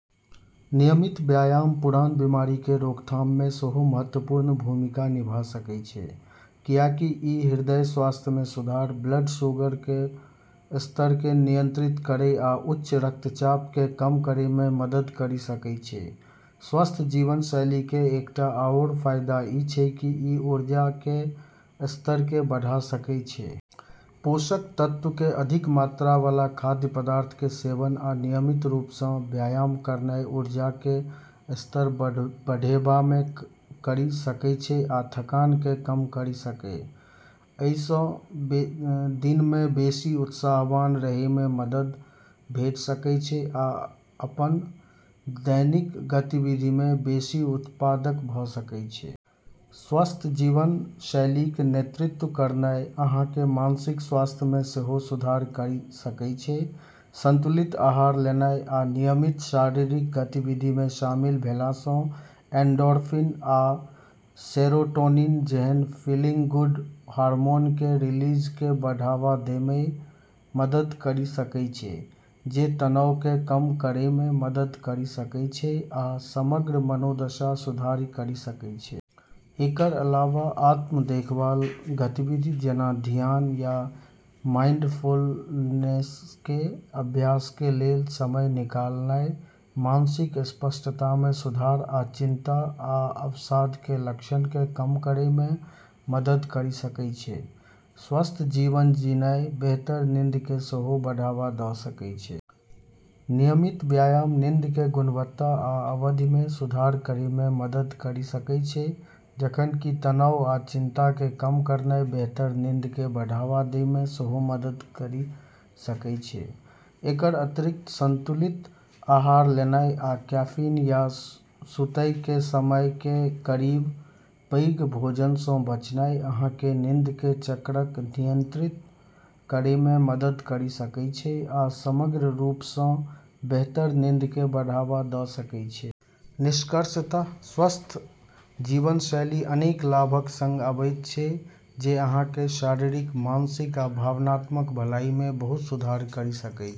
नियमित व्यायाम पुरान बीमारिके रोकथाममे सेहो महत्वपूर्ण भूमिका निभा सकै छै, किएकि ई हृदय स्वास्थ्यमे सुधार, ब्लड शुगरके स्तरके नियंत्रित करै आ उच्च रक्तचापके कम करैमे मदद करि सकै छै। स्वस्थ जीवनशैलीके एकटा आओर फाइदा ई छै कि ई ऊर्जाके स्तरके बढ़ा सकै छै। पोषक तत्वके अधिक मात्राबला खाद्य पदार्थके सेवन आ नियमित रूपसँ व्यायाम करनाइ ऊर्जाके स्तर बढ़ेबामे करि सकै छै आ थकानके कम करि सकै। अइसँ दिनमे बेशी उत्साहवान रहैमे मदद भेट सकै छै आ अपन दैनिक गतिविधिमे बेशी उत्पादक भ' सकै छै। स्वस्थ जीवनशैलीके नेतृत्व करनाइ, अहाँके मानसिक स्वास्थ्यमे सेहो सुधार करि सकै छै। संतुलित आहार लेनाइ आ नियमित शारीरिक गतिविधिमे शामिल भेलासँ एंडोर्फिन आ सेरोटोनिन जेहन फीलिंग-गुड हार्मोनके रिलीजके बढ़ावा दैमे मदद करि सकै छै, जे तनावके कम करैमे मदद करि सकै छै आ समग्र मनोदशामे सुधार करि सकै छै। एकर अलावा, आत्म-देखभाल गतिविधि जेना धियान या माइंडफुलनेसके अभ्यासके लेल समय निकालनाइ मानसिक स्पष्टतामे सुधार आ चिंता आ अवसादके लक्षणके कम करैमे मदद करि सकै छै । स्वस्थ जीवन जीनाइ बेहतर नींदके सेहो बढ़ावा द' सकै छै। नियमित व्यायाम नींदके गुणवत्ता आ अवधिमे सुधार करैमे मदद करि सकै छै, जखन कि तनाव आ चिंताके कम करनाइ बेहतर नींदके बढ़ावा दैमे सेहो मदद करि सकै छै। एकर अतिरिक्त, संतुलित आहार लेनाइ आ कैफीन या सुतयके समयके करीब पैघ भोजनसँ बचनाइ अहाँके नींदके चक्रक नियंत्रित करैमे मदद करि सकै छै आ समग्र रूपसँ बेहतर नींदके बढ़ावा द' सकै छै। निष्कर्षतः, स्वस्थ जीवन शैली अनेक लाभक सङ्ग आबैत छै जे अहाँके शारीरिक, मानसिक आ भावनात्मक भलाइमे बहुत सुधार करि सकै छै ।